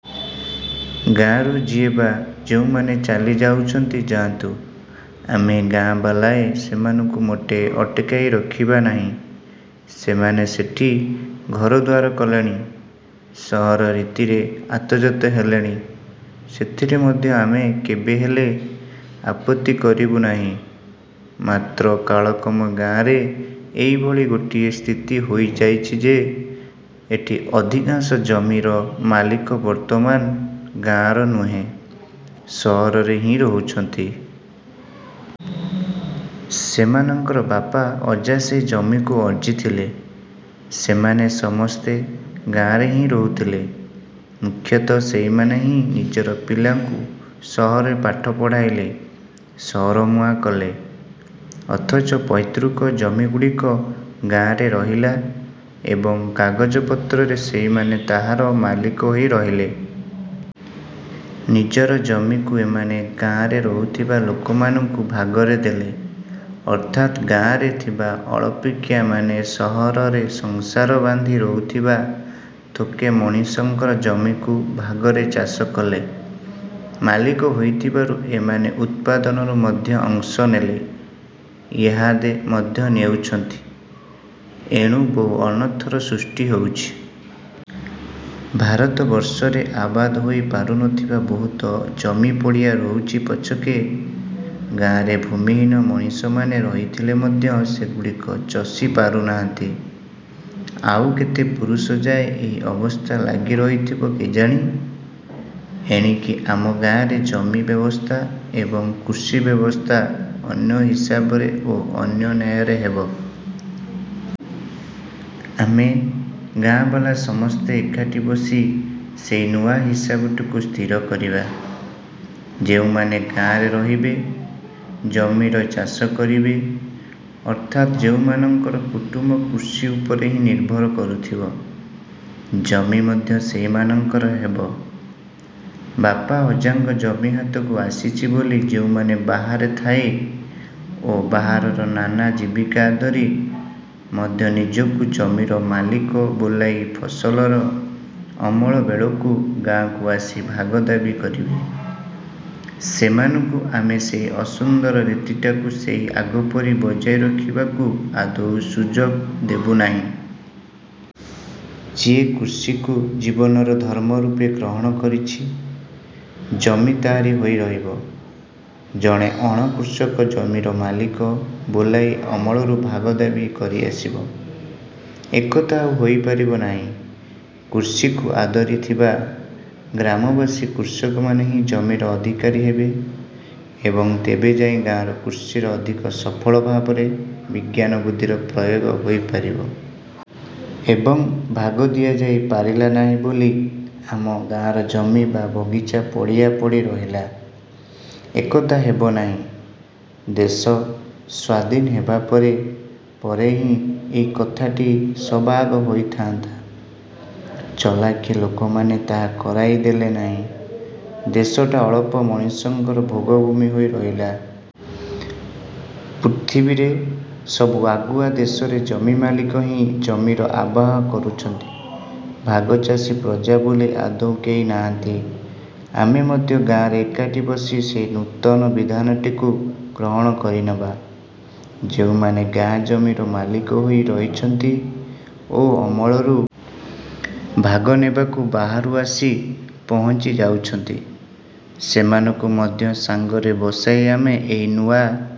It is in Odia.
ଗାଆଁରୁ ଯିଏ ବା ଯେଉଁମାନେ ଚାଲି ଯାଉଛନ୍ତି ଯାଆନ୍ତୁ। ଆମେ ଗାଆଁବାଲାଏ ସେମାନଙ୍କୁ ମୋଟେ ଅଟକାଇ ରଖିବା ନାହିଁ। ସେମାନେ ସେଠି ଘରଦୁଆର କଲେଣି, ସହର ରୀତିରେ ଆତଯାତ ହେଲେଣି। ସେଥିରେ ମଧ୍ୟ ଆମେ କେବେହେଲେ, ଆପତ୍ତି କରିବୁ ନାହିଁ। ମାତ୍ର କାଳକ୍ରମେ ଗାଆଁରେ ଏଭଳି ଗୋଟିଏ ସ୍ଥିତି ହୋଇଯାଇଛି ଯେ, ଏଠି ଅଧିକାଂଶ ଜମିର ମାଲିକ ବର୍ତ୍ତମାନ ଗାଆଁରେ ନୁହେଁ, ସହରରେ ହିଁ ରହୁଛନ୍ତି। ସେମାନଙ୍କର ବାପା ଅଜା ସେହି ଜମିକୁ ଅର୍ଜିଥିଲେ; ସେମାନେ ସମସ୍ତେ ଗାଆଁରେ ହିଁ ରହୁଥିଲେ। ମୁଖ୍ୟତଃ ସେଇମାନେ ହିଁ ନିଜର ପିଲାଙ୍କୁ ସହରରେ ପାଠ ପଢ଼ାଇଲେ, ସହରମୁହାଁ କଲେ। ଅଥଚ ପୈତୃକ ଜମିଗୁଡ଼ିକ ଗାଆଁରେ ରହିଲା ଏବଂ କାଗଜପତ୍ରରେ ସେଇମାନେ ତାହାର ମାଲିକ ହୋଇ ରହିଲେ। ନିଜର ଜମିକୁ ଏମାନେ ଗାଆଁରେ ରହୁଥିବା ଲୋକମାନଙ୍କୁ ଭାଗରେ ଦେଲେ। ଅର୍ଥାତ୍, ଗାଆଁରେ ଥିବା ଅଳପିକିଆମାନେ ସହରରେ ସଂସାର ବାନ୍ଧି ରହୁଥିବା ଥୋକେ ମଣିଷଙ୍କର ଜମିକୁ ଭାଗରେ ଚାଷ କଲେ। ମାଲିକ ହୋଇଥିବାରୁ ଏମାନେ ଉତ୍ପାଦନରୁ ମଧ୍ୟ ଅଂଶ ନେଲେ,- ଇହାଦେ ମଧ୍ୟ ନେଉଛନ୍ତି। ଏଣୁ ବହୁ ଅନର୍ଥର ସୃଷ୍ଟି ହେଉଛି। ଭାରତବର୍ଷରେ ଆବାଦ ହୋଇ ପାରୁନଥିବା ବହୁତ ଜମି ପଡ଼ିଆ ରହୁଛି ପଛକେ, ଗାଆଁରେ ଭୂମିହୀନ ମଣିଷମାନେ ରହିଥିଲେ ମଧ୍ୟ ସେଗୁଡ଼ିକ ଚଷି ପାରୁନାହାନ୍ତି। ଆଉ କେତେ ପୁରୁଷଯାଏ ଏହି ଅବସ୍ଥା ଲାଗି ରହିଥିବ କେଜାଣି? ଏଣିକି ଆମ ଗାଆଁରେ ଜମି ବ୍ୟବସ୍ଥା ଏବଂ କୃଷି ବ୍ୟବସ୍ଥା ଅନ୍ୟ ହିସାବରେ ଓ ଅନ୍ୟ ନ୍ୟାୟରେ ହେବ। ଆମେ ଗାଆଁବାଲା ସମସ୍ତେ ଏକାଠି ବସି ସେହି ନୂଆ ହିସାବଟିକୁ ସ୍ଥିର କରିବା-। ଯେଉଁମାନେ ଗାଆଁରେ ରହିବେ, ଜମିର ଚାଷ କରିବେ, ଅର୍ଥାତ୍ ଯେଉଁମାନଙ୍କର କୁଟୁମ୍ବ କୃଷି ଉପରେ ହିଁ ନିର୍ଭର କରୁଥିବ, ଜମି ମଧ୍ୟ ସେହିମାନଙ୍କର ହେବ। ବାପା ଅଜାଙ୍କ ଜମି ହାତକୁ ଆସିଛି ବୋଲି ଯେଉଁମାନେ ବାହାରେ ଥାଇ ଓ ବାହାରର ନାନା ଜୀବିକା ଆଦରି ମଧ୍ୟ ନିଜକୁ ଜମିର ମାଲିକ ବୋଲାଇ ଫସଲର ଅମଳ ବେଳକୁ ଗାଆଁକୁ ଆସି ଭାଗ ଦାବି କରିବେ, ସେମାନଙ୍କୁ ଆମେ ସେହି ଅସୁନ୍ଦର ରୀତିଟାକୁ ସେହି ଆଗପରି ବଜାୟ ରଖିବାକୁ ଆଦୌ ସୁଯୋଗ ଦେବୁ ନାହିଁ। ଯିଏ କୃଷିକୁ ଜୀବନର ଧର୍ମ ରୂପେ ଗ୍ରହଣ କରିଛି, ଜମି ତାହାରି ହୋଇ ରହିବ। ଜଣେ ଅଣକୃଷକ ଜମିର ମାଲିକ ବୋଲାଇ ଅମଳରୁ ଭାଗ ଦାବି କରିଆସିବ, ଏକଥା ଆଉ ହୋଇପାରିବ ନାହିଁ। କୃଷିକୁ ଆଦରି ଥିବା ଗ୍ରାମବାସୀ କୃଷକମାନେ ହିଁ ଜମିର ଅଧିକାରୀ ହେବେ ଏବଂ ତେବେଯାଇ ଗାଁର କୃଷିରେ ଅଧିକ ସଫଳ ଭାବରେ ବିଜ୍ଞାନବୁଦ୍ଧିର ପ୍ରୟୋଗ ହୋଇପାରିବ,। ଏବଂ ଭାଗ ଦିଆଯାଇ ପାରିଲା ନାହିଁ ବୋଲି ଆମ ଗାଆଁରେ ଜମି ବା ବଗିଚା ପଡ଼ିଆ ପଡ଼ି ରହିଲା, ଏକଥା ହେବନାହିଁ। ଦେଶ ସ୍ଵାଧୀନ ହେବା ପରେ ପରେ ହିଁ ଏହି କଥାଟି ସବାଆଗ ହୋଇଥାଆନ୍ତା। ଚଲାଖି ଲୋକମାନେ ତାହା କରାଇ ଦେଲେନାହିଁ। ଦେଶଟା ଅଳପ ମଣିଷଙ୍କର ଭୋଗଭୂମି ହୋଇ ରହିଲା। ପୃଥିବୀରେ, ସବୁ ଆଗୁଆ ଦେଶରେ ଜମିମାଲିକ ହିଁ ଜମିର ଆବାହ କରୁଛନ୍ତି- ଭାଗଚାଷୀ ପ୍ରଜା ବୋଲି ଆଦୌ କେହି ନାହାନ୍ତି। ଆମେ ମଧ୍ୟ ଗାଆଁରେ ଏକାଠି ବସି ସେହି ନୂତନ ବିଧାନଟିକୁ ଗ୍ରହଣ କରିନେବା। ଯେଉଁମାନେ ଗାଆଁ ଜମିର ମାଲିକ ହୋଇ ରହିଛନ୍ତି ଓ ଅମଳରୁ ଭାଗ ନେବାକୁ ବାହାରୁ ଆସି ପହଞ୍ଚି ଯାଉଛନ୍ତି, ସେମାନଙ୍କୁ ମଧ୍ୟ ସାଙ୍ଗରେ ବସାଇ ଆମେ ଏହି ନୂଆ